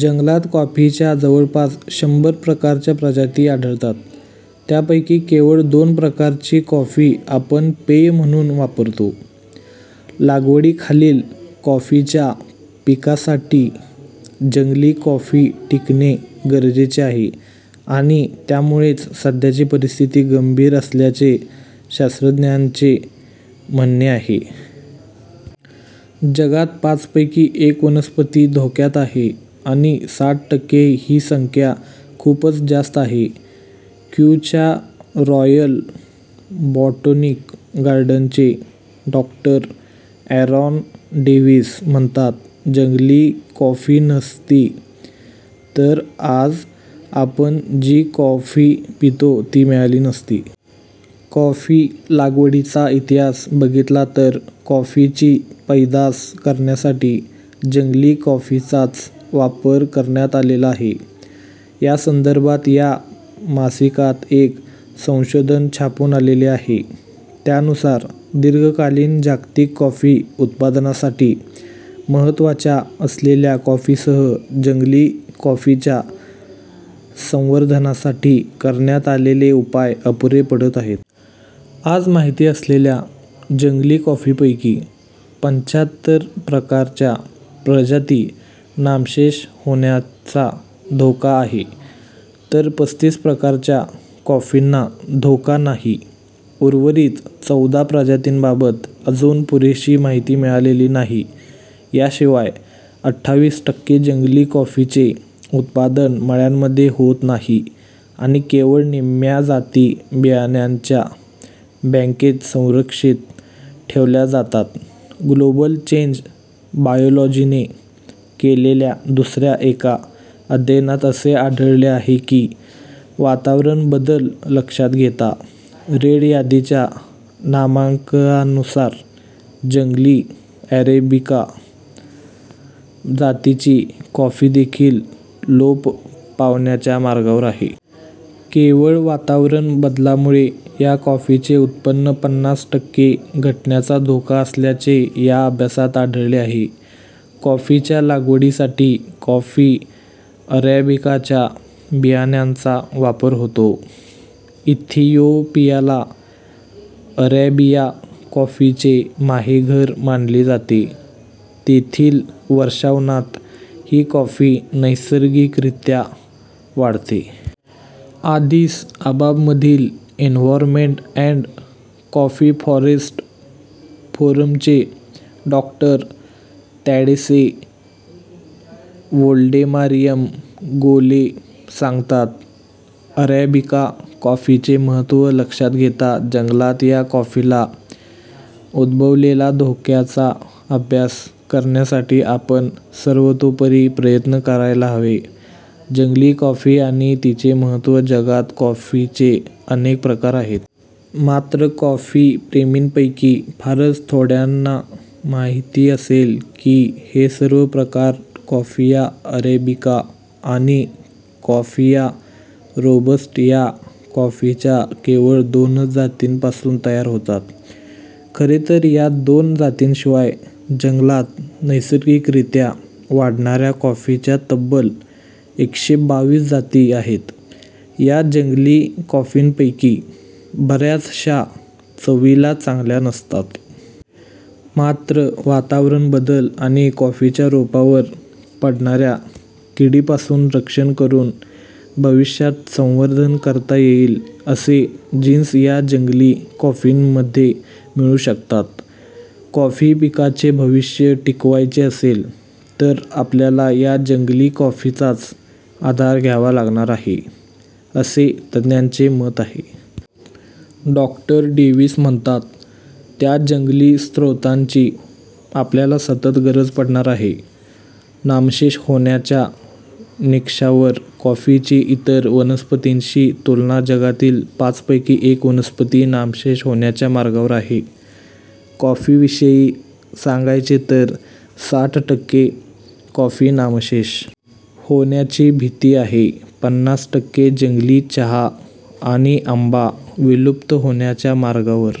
जंगलात कॉफीच्या जवळपास शंभर प्रकारच्या प्रजाती आढळतात. त्यापैकी केवळ दोन प्रकारची कॉफी आपण पेय म्हणून वापरतो. लागवडीखालील कॉफीच्या पिकासाठी जंगली कॉफी टिकणे गरजेचे आहे आणि त्यामुळेच सध्याची परिस्थिती गंभीर असल्याचे शास्त्रज्ञांचे म्हणणे आहे. जगात पाचपैकी एक वनस्पती धोक्यात आहे आणि साठ टक्के ही संख्या खूपच जास्त आहे क्यूच्या रॉयल बॉटोनिक गार्डनचे डॉ. ॲरॉन डेव्हिस म्हणतात, जंगली कॉफी नसती तर आज आपण जी कॉफी पितो ती मिळाली नसती. कॉफी लागवडीचा इतिहास बघितला तर कॉफीची पैदास करण्यासाठी जंगली कॉफीचाच वापर करण्यात आलेला आहे. यासंदर्भात या मासिकात एक संशोधन छापून आलेले आहे. त्यानुसार दीर्घकालीन जागतिक कॉफी उत्पादनासाठी महत्त्वाच्या असलेल्या कॉफीसह जंगली कॉफीच्या संवर्धनासाठी करण्यात आलेले उपाय अपुरे पडत आहेत. आज माहिती असलेल्या जंगली कॉफीपैकी पंच्याहत्तर प्रकारच्या प्रजाती नामशेष होण्याचा धोका आहे तर पस्तीस प्रकारच्या कॉफींना धोका नाही उर्वरित चौदा प्रजातींबाबत अजून पुरेशी माहिती मिळालेली नाही याशिवाय, अठ्ठावीस टक्के जंगली कॉफीचे उत्पादन मळ्यांमध्ये होत नाही आणि केवळ निम्म्या जाती बियाण्यांच्या बँकेत संरक्षित ठेवल्या जातात ग्लोबल चेंज बायोलॉजीने केलेल्या दुसऱ्या एका अध्ययनात असे आढळले आहे की वातावरण बदल लक्षात घेता रेड यादीच्या नामांकनानुसार जंगली अरॅबिका जातीची कॉफीदेखील लोप पावण्याच्या मार्गावर आहे. केवळ वातावरण बदलामुळे या कॉफीचे उत्पन्न पन्नास टक्के घटण्याचा धोका असल्याचे या अभ्यासात आढळले आहे कॉफीच्या लागवडीसाठी कॉफी अरॅबिकाच्या बियाण्यांचा वापर होतो. इथियोपियाला अरॅबिया कॉफीचे माहेरघर मानले जाते. तेथील वर्षावनात ही कॉफी नैसर्गिकरित्या वाढते. आदिस अबाबमधील इन्वॉरमेंट अँड कॉफी फॉरेस्ट फोरमचे डॉ. तॅडेसे वोल्डेमारियम गोले सांगतात, अरॅबिका कॉफीचे महत्त्व लक्षात घेता जंगलात या कॉफीला उद्भवलेला धोक्याचा अभ्यास करण्यासाठी आपण सर्वतोपरी प्रयत्न करायला हवे. जंगली कॉफी आणि तिचे महत्त्व जगात कॉफीचे अनेक प्रकार आहेत. मात्र कॉफी प्रेमींपैकी फारच थोड्यांना माहिती असेल की हे सर्व प्रकार कॉफिया अरॅबिका आणि कॉफिया रोबस्ट या कॉफीच्या केवळ दोनच जातींपासून तयार होतात. खरेतर या दोन जातींशिवाय जंगलात नैसर्गिकरित्या वाढणाऱ्या कॉफीच्या तब्बल एकशे बावीस जाती आहेत या जंगली कॉफींपैकी बऱ्याचशा चवीला चांगल्या नसतात. मात्र वातावरण बदल आणि कॉफीच्या रोपावर पडणाऱ्या किडीपासून रक्षण करून भविष्यात संवर्धन करता येईल असे जीन्स या जंगली कॉफींमध्ये मिळू शकतात. कॉफी पिकाचे भविष्य टिकवायचे असेल तर आपल्याला या जंगली कॉफीचाच आधार घ्यावा लागणार आहे, असे तज्ज्ञांचे मत आहे. डॉ. डेव्हिस म्हणतात, त्या जंगली स्रोतांची आपल्याला सतत गरज पडणार आहे. नामशेष होण्याच्या निकषावर कॉफीची इतर वनस्पतींशी तुलना जगातील पाचपैकी एक वनस्पती नामशेष होण्याच्या मार्गावर आहे. कॉफीविषयी सांगायचे तर साठ टक्के कॉफी नामशेष होण्याची भीती आहे पन्नास टक्के जंगली चहा आणि आंबा विलुप्त होण्याच्या मार्गावर